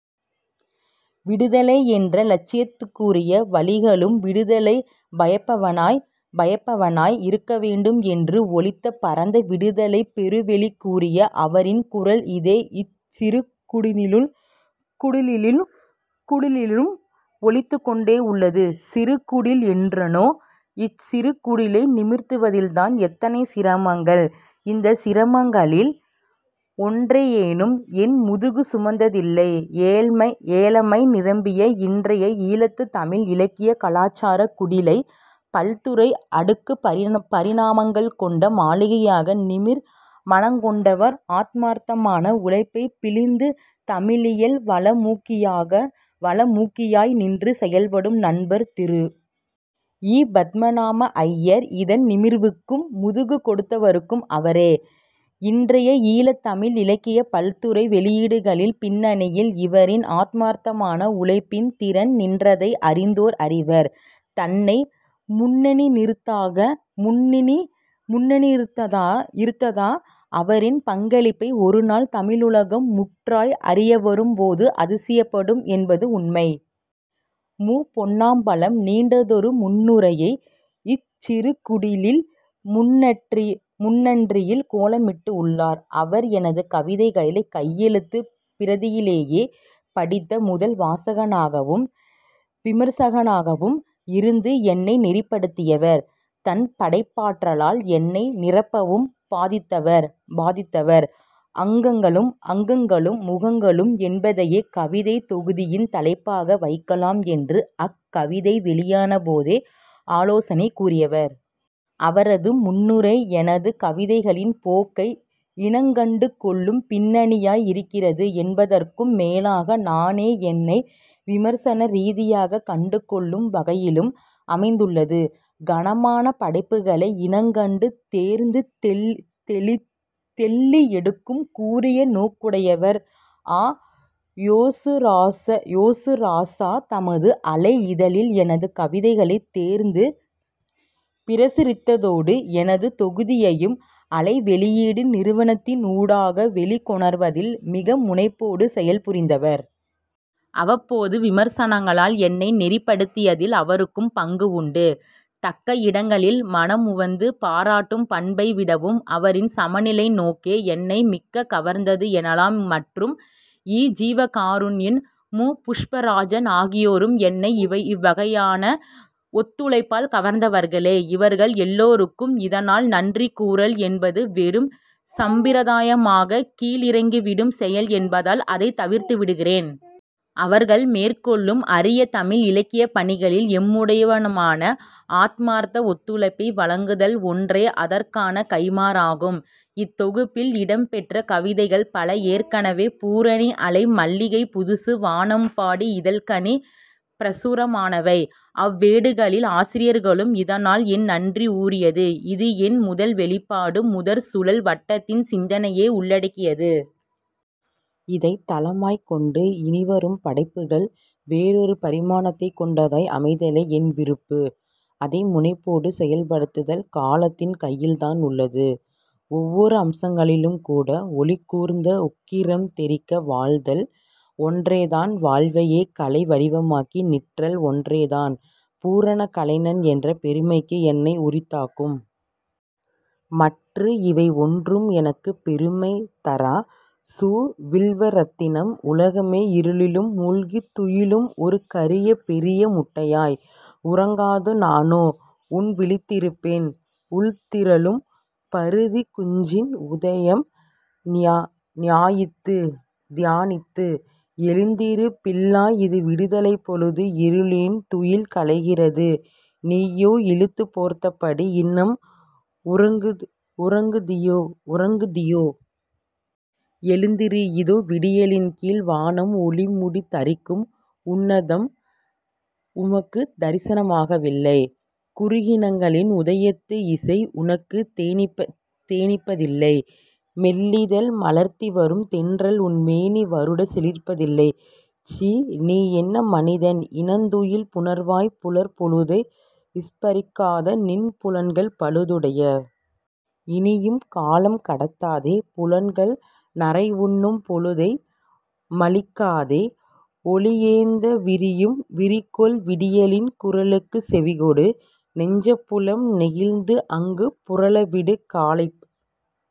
விடுதலை என்ற இலட்சியத்துக்குரிய வழிகளும் விடுதலை பயப்பனவாய் இருக்கவேண்டும் என்று ஒலித்த பரந்த விடுதலைப் பெருவெளிக்குரிய அவரின் குரல் இதே இச் சிறுகுடிலினுள்ளும் ஒலித்துக்கொண்டேயுள்ளது சிறுகுடில் என்றேனா? இச் சிறுகுடிலை நிமிர்த்துவதில்தான் எத்தனை சிரமங்கள். இந்தச் சிரமங்களில் ஒன்றையேனும் என் முதுகு சுமந்ததில்லை ஏழைமை நிரம்பிய இன்றைய ஈழத்துத் தமிழ் இலக்கிய கலாசாரக் குடிலை பல்துறை அடுக்குப் பரிமாணங்கொண்ட மாளிகையாய் நிமிர்த் மனங்கொண்டவர் ஆத்மார்த்தமான உழைப்பைப் பிழிந்து தமிழியல் வளமூக்கியாய் நின்று செயல்படும் நண்பர் திரு. இ. பத்மநாப ஐயர். இதன் நிமிர்வுக்கும் முதுகு கொடுத்தவர் அவரே. இன்றைய ஈழத் தமிழ் இலக்கிய பல்துறை வெளியீடுகளின் பின்னணியின் இவரின் ஆத்மார்த்தமான உழைப்பின் திறன் நின்றதை அறிந்தோர் அறிவர். தன்னை முன்னிறுத்தாத அவரின் பங்களிப்பை ஒருநாள் தமிழுலகம் முற்றாய் அறியவரும்போது அதிசயப்படும் என்பது உண்மை. மு. பொன்னம்பலம் நீண்டதொரு முன்னுரையை இச் சிறுகுடிலின் முன்றலில் கோலமிட்டுள்ளார். அவர் எனது கவிதைகளைக் கையெழுத்துப் பிரதியிலேயே படித்த முதல் வாசகனாகவும் விமர்சகனாகவும் இருந்து என்னை நெறிப்படுத்தியவர். தன் படைப்பாற்றலால் என்னை நிரம்பவும் பாதித்தவர் அகங்களும் முகங்களும் என்பதையே கவிதைத் தொகுதியின் தலைப்பாக வைக்கலாம் என்று அக் கவிதை வெளியான போதே ஆலோசனை கூறியவர். அவரது முன்னுரை எனது கவிதைகளின் போக்கை இனங்கண்டு கொள்ளும் பின்னணியாய் இருக்கிறது என்பதற்கும் மேலாக நானே என்னை விமர்சன ரீதியாகக் கண்டுகொள்ளும் வகையிலும் அமைந்துள்ளது. கனமான படைப்புகளை இனங்கண்டு தேர்ந்து தெள்ளி எடுக்கும் கூரிய நோக்குடையவர் அ. யேசுராசா. தமது அலை இதழில் எனது கவிதைகளைத் தேர்ந்து பிரசுரித்ததோடு எனது தொகுதியையும் அலை வெளியீடு நிறுவனத்தினூடாக வெளிக் கொணர்வதில் மிக முனைப்போடு செயல்புரிந்தவர். அவ்வப்போது விமர்சனங்களால் என்னை நெறிப்படுத்தியதில் அவருக்கும் பங்குண்டு. தக்க இடங்களில் மனமுவந்து பாராட்டும் பண்பைவிடவும் அவரின் சமநிலை நோக்கே என்னை மிகக் கவர்ந்தது எனலாம் மற்றும் இ. ஜீவகாருண்யன் மு. புஷ்பராஜன் ஆகியோரும் என்னை இவ்வகையான ஒத்துழைப்பால் கவர்ந்தவர்களே. இவர்கள் எல்லோருக்கும் இதனால் நன்றி கூறல் என்பது வெறும் சம்பிரதாயமாகக் கீழிறங்கிவிடும் செயல் என்பதனால் அதைத் தவிர்த்துவிடுகிறேன். அவர்கள் மேற்கொள்ளும் அரிய தமிழ் இலக்கியப்பணிகளில் எம்முடையவுமான ஆத்மார்த்த ஒத்துழைப்பை வழங்குதல் ஒன்றே அதற்கான கைமாறாகும். இத்தொகுப்பில் இடம்பெற்ற கவிதைகள் பல ஏற்கனவே பூரணி அலை மல்லிகை புதுசு வானம்பாடி இதழ்களி பிரசுரமானவை. அவ்வேடுகளின் ஆசிரியர்களுக்கும் இதனால் என் நன்றி உரியது. இது என் முதல் வெளிப்பாடு முதற் சுழல் வட்டத்தின் சிந்தனையே உள்ளடக்கியது. இதைத் தளமாய்க்கொண்டு இனிவரும் படைப்புகள் வேறொரு பரிமாணத்தைக் கொண்டதாய் அமைதலே என் விருப்பு. அதை முனைப்போடு செயல்படுத்துதல் காலத்தின் கையில்தான் உள்ளது. ஒவ்வோர் அம்சங்களிலும்கூட ஒளிகூர்ந்த உக்கிரம் தெறிக்க வாழ்தல் ஒன்றேதான் வாழ்வையே கலை வடிவமாக்கி நிற்றல் ஒன்றேதான் பூரண கலைஞன் என்ற பெருமைக்கு என்னை உரித்தாக்கும். மற்று இவை ஒன்றும் எனக்குப் பெருமை தரா. சு. வில்வரத்தினம் உலகமே இருளினுள் மூழ்கித் துயிலும் ஒரு கரீய பெரீய முட்டையாய். உறங்காது நானோ உள்விழித்திருப்பேன். உள்திரளும் பரிதிக் குஞ்சின் உதயம் தியானித்து. எழுந்திரு பிள்ளாய் இது விடுதலைப் பொழுது இருளின் துயில் கலைகிறது நீயோ இழுத்துப் போர்த்தபடி இன்னம் உறங்குதியோ? எழுந்திரு. இதோ விடியலில் கீழ் வானம் ஒளிமுடி தரிக்கும் உன்னதம் உனக்குத் தரிசனமாகவில்லை. குருகினங்களின் உதயத்து இசை உனக்குத் தேனிப்பதில்லை. மெல்லிதழ் மலர்த்தி வரும் தென்றல் உன் மேனி வருடச் சிலிர்ப்பதில்லை. சீ! நீ என்ன மனிதன் இன்னந் துயில் புணர்வாய் புலர் பொழுதை ஸ்பரிசிக்காத நின் புலன்கள் பழுதுடைய. இனியும் காலம் கடத்தாதே புலன்கள் நறையுண்ணும் பொழுதை மழிக்காதே. ஒலியேந்தவிரியும் விழிகொள் விடியலின் குரலுக்குச் செவிகொடு. நெஞ்சப்புலம் நெகிழ்ந்து அங்கு புலரவிடு காலைப்